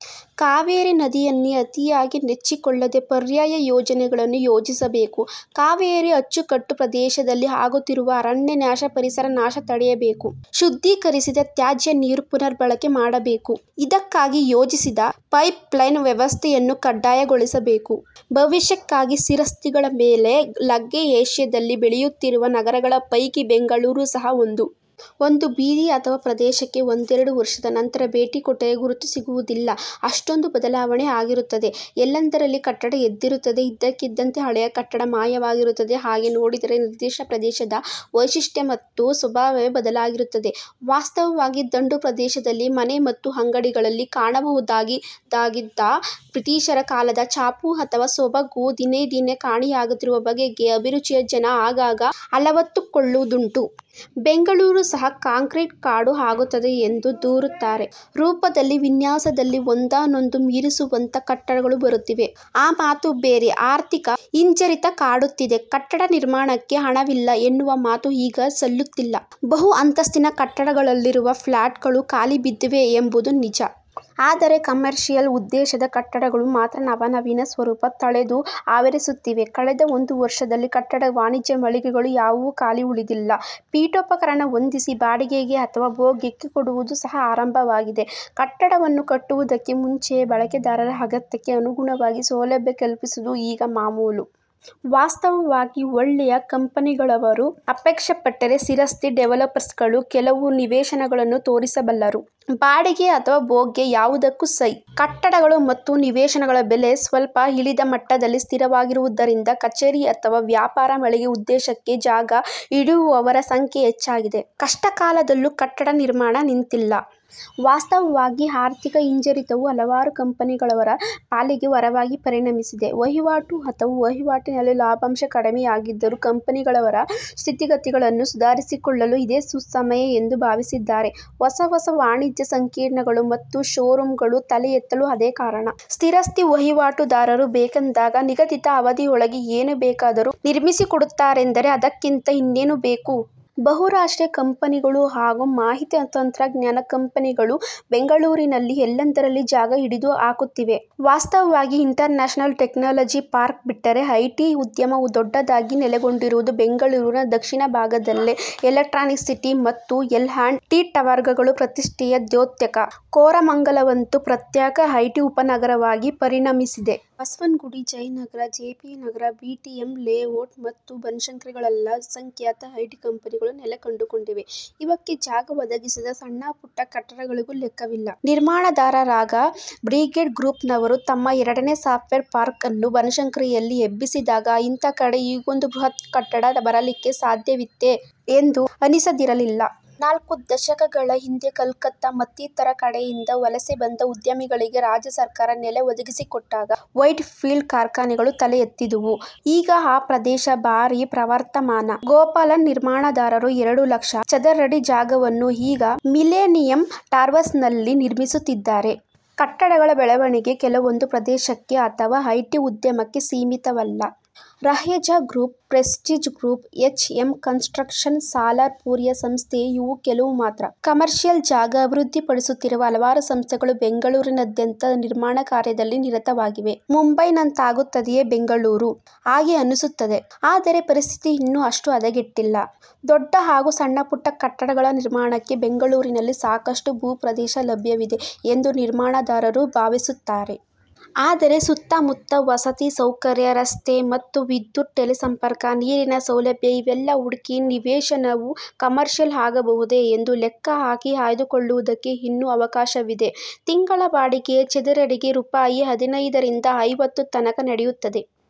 *ಕಾವೇರಿ ನದಿಯನ್ನೇ ಅತಿಯಾಗಿ ನೆಚ್ಚಿಕೊಳ್ಳದೆ ಪರ್ಯಾಯ ಯೋಜನೆಗಳನ್ನು ಯೋಚಿಸಬೇಕು. ಕಾವೇರಿ ಅಚ್ಚು ಕಟ್ಟು ಪ್ರದೇಶದಲ್ಲಿ ಆಗುತ್ತಿರುವ ಅರಣ್ಯನಾಶ, ಪರಿಸರ ನಾಶ ತಡೆಯಬೇಕು. *ಶುದ್ಧೀಕರಿಸಿದ ತ್ಯಾಜ್ಯ ನೀರು ಪುನರ್ಬಳಕೆ ಮಾಡಬೇಕು. ಇದಕ್ಕಾಗಿ ಯೋಜಿಸಿದ್ದ ಪೈಪ್ಲೈನ್ ವ್ಯವಸ್ಥೆಯನ್ನು ಕಡ್ಡಾಯಗೊಳಿಸಬೇಕು. ಭವಿಷ್ಯಕ್ಕಾಗಿ ಸ್ಥಿರಾಸ್ತಿಗಳ ಮೇಲೆ ಲಗ್ಗೆ ಏಷ್ಯಾದಲ್ಲಿ ಬೆಳೆಯುತ್ತಿರುವ ನಗರಗಳ ಪೈಕಿ ಬೆಂಗಳೂರು ಸಹಾ ಒಂದು. ಒಂದು ಬೀದಿ ಅಥವಾ ಪ್ರದೇಶಕ್ಕೆ ಒಂದೆರಡು ವರ್ಷದ ನಂತರ ಭೇಟಿ ಕೊಟ್ಟರೆ ಗುರುತು ಸಿಗುವುದಿಲ್ಲ. ಅಷ್ಟೊಂದು ಬದಲಾವಣೆ ಆಗಿರುತ್ತದೆ. ಎಲ್ಲೆಂದರಲ್ಲಿ ಕಟ್ಟಡ ಎದ್ದಿರುತ್ತದೆ. ಇದ್ದಕ್ಕಿದ್ದಂತೆ ಹಳೆಯ ಕಟ್ಟಡ ಮಾಯವಾಗಿರುತ್ತದೆ. ಹಾಗೆ ನೋಡಿದರೆ ನಿರ್ದಿಷ್ಟ ಪ್ರದೇಶದ ವೈಶಿಷ್ಟ ಮತ್ತು ಸ್ವಭಾವವೇ ಬದಲಾಗಿರುತ್ತದೆ. ವಾಸ್ತವವಾಗಿ ದಂಡು ಪ್ರದೇಶದಲ್ಲಿ ಮನೆ ಮತ್ತು ಅಂಗಡಿಗಳಲ್ಲಿ ಕಾಣಬಹುದಾಗಿದಾಗಿದ್ದ ಬ್ರಿಟಿಷರ ಕಾಲದ ಛಾಪು ಅಥವಾ ಸೊಬಗು ದಿನೇ ದಿನೇ ಕಾಣೆಯಾಗುತ್ತಿರುವ ಬಗೆಗೆ ಅಭಿರುಚಿಯ ಜನ ಆಗಾಗ ಅಲವತ್ತುಕೊಳ್ಳುದುಂಟು. ಬೆಂಗಳೂರು ಸಹಾ ಕಾಂಕ್ರೀಟ್ ಕಾಡು ಆಗುತ್ತದೆ ಎಂದು ದೂರುತ್ತಾರೆ. ರೂಪದಲ್ಲಿ ವಿನ್ಯಾಸದಲ್ಲಿ ಒಂದನ್ನೊಂದು ಮೀರಿಸುವಂಥ ಕಟ್ಟಡಗಳು ಬರುತ್ತಿವೆ. ಆ ಮಾತು ಬೇರೆ. ಆರ್ಥಿಕ ಹಿಂಜರಿತ ಕಾಡುತ್ತಿದೆ. ಕಟ್ಟಡ ನಿರ್ಮಾಣಕ್ಕೆ ಹಣವಿಲ್ಲ ಎನ್ನುವ ಮಾತು ಈಗ ಸಲ್ಲುತ್ತಿಲ್ಲ. ಬಹು ಅಂತಸ್ತಿನ ಕಟ್ಟಡಗಳಲ್ಲಿರುವ ಫ್ಲ್ಯಾಟುಗಳು ಖಾಲಿ ಬಿದ್ದಿವೆ ಎಂಬುದು ನಿಜ. ಆದರೆ ಕಮರ್ಷಿಯಲ್ ಉದ್ದೇಶದ ಕಟ್ಟಡಗಳು ಮಾತ್ರ ನವನವೀನ ಸ್ವರೂಪ ತಳೆದು ಆವರಿಸುತ್ತಿವೆ. ಕಳೆದ ಒಂದು ವರ್ಷದಲ್ಲಿ ಕಟ್ಟಡ ವಾಣಿಜ್ಯ ಮಳಿಗೆಗಳು ಯಾವುವೂ ಖಾಲಿ ಉಳಿದಿಲ್ಲ. ಪೀಠೋಪಕರಣ ಹೊಂದಿಸಿ ಬಾಡಿಗೆಗೆ ಅಥವಾ ಭೋಗ್ಯಕ್ಕೆ ಕೊಡುವುದು ಸಹಾ ಆರಂಭವಾಗಿದೆ. ಕಟ್ಟಡವನ್ನು ಕಟ್ಟುವುದಕ್ಕೆ ಮುಂಚೆಯೇ ಬಳಕೆದಾರರ ಅಗತ್ಯಕ್ಕೆ ಅನುಗುಣವಾಗಿ ಸೌಲಭ್ಯ ಕಲ್ಪಿಸುವುದು ಈಗ ಮಾಮೂಲು. ವಾಸ್ತವವಾಗಿ ಒಳ್ಳೆಯ ಕಂಪೆನಿಗಳವರು, ಅಪೇಕ್ಷೆ ಪಟ್ಟರೆ ಸ್ಥಿರಾಸ್ತಿ ಡೆವಲಪರ್ಗಳು, ಕೆಲವು ನಿವೇಶನಗಳನ್ನು ತೋರಿಸಬಲ್ಲರು. ಬಾಡಿಗೆ ಅಥವಾ ಭೋಗ್ಯ ಯಾವುದಕ್ಕೂ ಸೈ. ಕಟ್ಟಡಗಳು ಮತ್ತು ನಿವೇಶನಗಳ ಬೆಲೆ ಸ್ವಲ್ಪ ಇಳಿದ ಮಟ್ಟದಲ್ಲಿ ಸ್ಥಿರವಾಗಿರುವುದರಿಂದ ಕಚೇರಿ ಅಥವಾ ವ್ಯಾಪಾರ ಮಳಿಗೆ ಉದ್ದೇಶಕ್ಕೆ ಜಾಗ ಹಿಡಿಯುವವರ ಸಂಖ್ಯೆ ಹೆಚ್ಚಾಗಿದೆ. ಕಷ್ಟ ಕಾಲದಲ್ಲೂ ಕಟ್ಟಡ ನಿರ್ಮಾಣ ನಿಂತಿಲ್ಲ. ವಾಸ್ತವವಾಗಿ ಆರ್ಥಿಕ ಹಿಂಜರಿತವು ಹಲವಾರು ಕಂಪೆನಿಗಳವರ ಪಾಲಿಗೆ ವರವಾಗಿ ಪರಿಣಮಿಸಿದೆ. ವಹಿವಾಟು ಅಥವಾ ವಹಿವಾಟಿನಲ್ಲಿ ಲಾಭಾಂಶ ಕಡಿಮೆಯಾಗಿದ್ದರೂ ಕಂಪೆನಿಗಳವರು ಸ್ಥಿತಿಗತಿಗಳನ್ನು ಸುಧಾರಿಸಿಕೊಳ್ಳಲು ಇದೇ ಸುಸಮಯ ಎಂದು ಭಾವಿಸಿದ್ದಾರೆ. ಹೊಸ ಹೊಸ ವಾಣಿಜ್ಯ ಸಂಕೀರ್ಣಗಳು ಮತ್ತ ಷೋರೂಮುಗಳು ತಲೆಯೆತ್ತಲು ಅದೇ ಕಾರಣ. ಸ್ಥಿರಾಸ್ತಿ ವಹಿವಾಟುದಾರರು ಬೇಕೆಂದಾಗ ನಿಗದಿತ ಅವಧಿಯೊಳಗೆ ಏನು ಬೇಕಾದರೂ ನಿರ್ಮಿಸಿಕೊಡುತ್ತಾರೆಂದರೆ ಅದಕ್ಕಿಂತ ಇನ್ನೇನು ಬೇಕು? ಬಹುರಾಷ್ಟ್ರೀಯ ಕಂಪನಿಗಳು ಹಾಗೂ ಮಾಹಿತಿ ತಂತ್ರಜ್ಞಾನ ಕಂಪೆನಿಗಳು ಬೆಂಗಳೂರಿನಲ್ಲಿ ಎಲ್ಲೆಂದರಲ್ಲಿ ಜಾಗ ಹಿಡಿದು ಹಾಕುತ್ತಿವೆ. ವಾಸ್ತವವಾಗಿ ಇಂಟರ್ನ್ಯಾಷನಲ್ ಟೆಕ್ನಾಲಜಿ ಪಾರ್ಕ್ ಬಿಟ್ಟರೆ ಐಟಿ ಉದ್ಯಮ ದೊಡ್ಡದಾಗಿ ನೆಲೆಗೊಂಡಿರುವುದು ಬೆಂಗಳೂರಿನ ದಕ್ಷಿಣ ಭಾಗದಲ್ಲೇ ಎಲೆಕ್ಟ್ರಾನಿಕ್ಸಿಟಿ ಮತ್ತು ಎಲ್ ಆಂಡ್ ಟಿ ಟವರ್ಗಳು ಪ್ರತಿಷ್ಠೆಯ ದ್ಯೋತಕ. ಕೋರಮಂಗಲವಂತೂ ಪ್ರತ್ಯೇಕ ಐಟಿ ಉಪನಗರವಾಗಿ ಪರಿಣಮಸಿದೆ. Basavanagudi, Jayanagar, J. P. Nagar, BTM ಲೇಔಟ್ಮತ್ತು ಬನಶಂಕರಿಗಳಲ್ಲೆಲ್ಲ ಅಸಂಖ್ಯಾತ ಐಟಿ ಕಂಪೆನಿಗಳು ನೆಲೆ ಕಂಡುಕೊಂಡಿವೆ. ಇವಕ್ಕೆ ಜಾಗ ಒದಗಿಸಿದ ಸಣ್ಣಪುಟ್ಟ ಕಟ್ಟಡಗಳಿಗೂ ಲೆಕ್ಕವಿಲ್ಲ. ನಿರ್ಮಾಣದಾರರಾಗ ಬ್ರಿಗೇಡ್ ಗ್ರೂಪ್ನವರು ತಮ್ಮ ಎರಡನೇ ಸಾಫ್ಟ್ವೇರ್ ಪಾರ್ಕ್ಅನ್ನು ಬನಶಂಕರಿಯಲ್ಲಿ ಎಬ್ಬಿಸಿದಾಗ ಇಂಥ ಕಡೆ ಹೀಗೊಂದು ಬೃಹತ್ಕಟ್ಟಡ ಬರಲಿಕ್ಕೆ ಸಾಧ್ಯವಿತ್ತೇ ಎಂದು ಅನಿಸದಿರಲಿಲ್ಲ. ನಾಲ್ಕು ದಶಕಗಳ ಹಿಂದೆ ಕಲ್ಕತ್ತಾ ಮತ್ತಿತರ ಕಡೆಯಿಂದ ವಲಸೆ ಬಂದ ಉದ್ಯಮಿಗಳಿಗೆ ರಾಜ್ಯ ಸರ್ಕಾರ ನೆಲೆ ಒದಗಿಸಿಕೊಟ್ಟಾಗ ವೈಟ್ಫೀಲ್ಡ್ ಕಾರ್ಖಾನೆಗಳು ತಲೆ ಎತ್ತಿದುವು. ಈಗ ಆ ಪ್ರದೇಶ ಭಾರೀ ಪ್ರವರ್ಧಮಾನ. ಗೋಪಾಲನ್ ನಿರ್ಮಾಣದಾರರು ಎರಡು ಲಕ್ಷ ಚದರಡಿ ಜಾಗವನ್ನು ಈಗ ಮಿಲೆನಿಯಂ ಟವರ್ಸ್ನಲ್ಲಿ ನಿರ್ಮಿಸುತ್ತಿದ್ದಾರೆ. ಕಟ್ಟಡಗಳ ಬೆಳವಣಿಗೆ ಕೆಲವೊಂದು ಪ್ರದೇಶಕ್ಕೆ ಅಥವಾ ಐಟಿ ಉದ್ಯಮಕ್ಕೆ ಸೀಮಿತವಲ್ಲ. Raheja group, Prestige group, H M construction, Salarpuria ಸಂಸ್ಥೆ ಇವು ಕೆಲವು ಮಾತ್ರ. ಕಮರ್ಷಿಯಲ್ ಜಾಗ ಅಭಿವೃದ್ಧಿಪಡಿಸುತ್ತಿರುವ ಹಲವಾರು ಸಂಸ್ಥೆಗಳು ಬೆಂಗಳೂರಿನಾದ್ಯಂತ ನಿರ್ಮಾಣ ಕಾರ್ಯದಲ್ಲಿ ನಿರತವಾಗಿವೆ. ಮುಂಬೈನಂತಾಗುತ್ತದೆಯೆ ಬೆಂಗಳೂರು? ಹಾಗೆ ಅನಿಸುತ್ತದೆ. ಆದರೆ ಪರಿಸ್ಥಿತಿ ಇನ್ನೂ ಅಷ್ಟು ಹದಗೆಟ್ಟಿಲ್ಲ. ದೊಡ್ಡ ಹಾಗೂ ಸಣ್ಣ ಪುಟ್ಟ ಕಟ್ಟಡಗಳ ನಿರ್ಮಾಣಕ್ಕೆ ಬೆಂಗಳೂರಿನಲ್ಲಿ ಸಾಕಷ್ಟು ಭೂಪ್ರದೇಶ ಲಭ್ಯವಿದೆ ಎಂದೇ ನಿರ್ಮಾಣದಾರರು ಭಾವಿಸುತ್ತಾರೆ. ಆದರೆ ಸುತ್ತ ಮುತ್ತ ವಸತಿ ಸೌಕರ್ಯ, ರಸ್ತೆ ಮತ್ತು ವಿದ್ಯುತ್ತು, ಟೆಲಿಸಂಪರ್ಕ, ನೀರಿನ ಸೌಲಭ್ಯ ಇವೆಲ್ಲ ಹುಡುಕಿ ನಿವೇಶನವು ಕಮರ್ಷಿಯಲ್ ಆಗಬಹುದೇ ಎಂದು ಲೆಕ್ಕ ಹಾಕಿ ಆಯ್ದು ಕೊಳ್ಳುವುದಕ್ಕೆ ಇನ್ನೂ ಅವಕಾಶವಿದೆ. ತಿಂಗಳ ಬಾಡಿಗೆ ಚದರಡಿಗೆ ರೂಪಾಯಿ ಹದಿನೈದರಿಂದ ಐವತ್ತು ತನಕ ನಡೆಯುತ್ತದೆ.